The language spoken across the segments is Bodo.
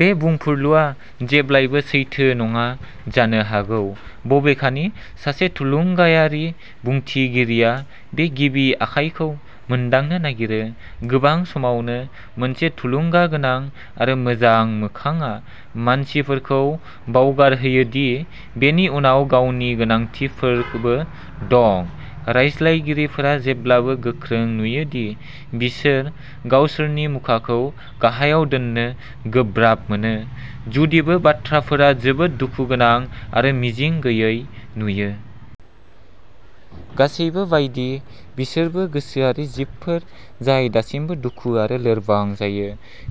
"-बे बुंफुरलुआ जेब्लाबो सैथो नङा जानो हागौ। बबेखानि, सासे थुलुंगायारि बुंथिगिरिया बे गिबि आखायखौ मोनदांनो नागिरो। गोबां समावनो, मोनसे थुलुंगागोनां आरो मोजां मोखांआ मानसिफोरखौ बावगारहोयो दि बेनि उनाव गावनि गोनांथिफोरबो दं। रायज्लायगिरिफोरा जेब्लाबो गोख्रों नुयो दि बिसोर गावसोरनि मुखाखौ गाहायाव दोन्नो गोब्राब मोनो, जुदिबो बाथ्राफोरा जोबोद दुखुगोनां आरो मिजिं गैयै नुयो। गासैबो बायदि, बिसोरबो गोसोआरि जिबफोर जाय दासिमबो दुखु आरो लोरबां जायो।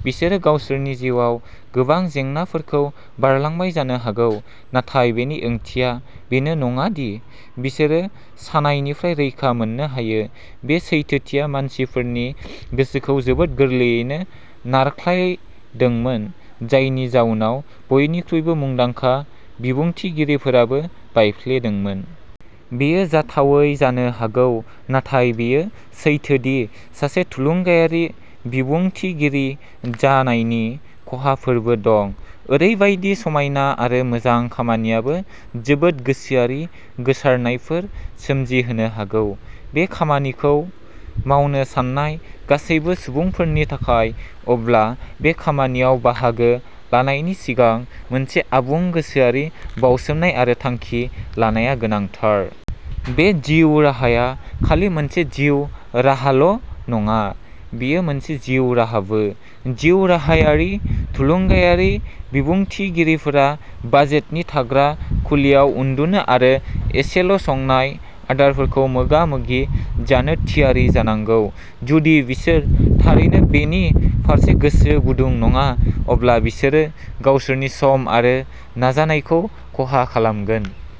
बिसोरो गावसोरनि जिउआव गोबां जेंनाफोरखौ बारलांबाय जानो हागौ, नाथाय बेनि ओंथिया बेनो नङा दि बिसोरो सानायनिफ्राय रैखा मोननो हायो। बे सैथोथिया मानसिफोरनि गोसोखौ जोबोद गोरलैयैनो नारख्लायदोंमोन, जायनि जाउनाव बयनिख्रुइबो मुंदांखा बिबुंथिगिरिफोराबो बायफ्लेदोंमोन। बेयो जाथावै जानो हागौ नाथाय बेयो सैथो दि सासे थुलुंगायारि बिबुंथिगिरि जानायनि खहाफोरबो दं। ओरैबायदि समायना आरो मोजां खामानियाबो जोबोद गोसोआरि गोसारनायफोर सोमजिहोनो हागौ। बे खामानिखौ मावनो सान्नाय गासैबो सुबुंफोरनि थाखाय, अब्ला बे खामानियाव बाहागो लानायनि सिगां मोनसे आबुं गोसोआरि बाउसोमनाय आरो थांखि लानाया गोनांथार। बे जिउ राहाया खालि मोनसे जिउ राहाल'नङा, बेयो मोनसे जिउ राहाबो। जिउराहायारि थुलुंगायारि बिबुंथिगिरिफोरा बाजेटनि थाग्रा खुलियाव उन्दुनो आरो एसेल'संनाय आदारफोरजों मोगा-मोगि जानो थियारि जानांगौ। जुदि बिसोर थारैनो बेनि फारसे गोसो गुदुं नङा, अब्ला बिसोरो गावसोरनि सम आरो नाजानायखौ खहा खालामगोन।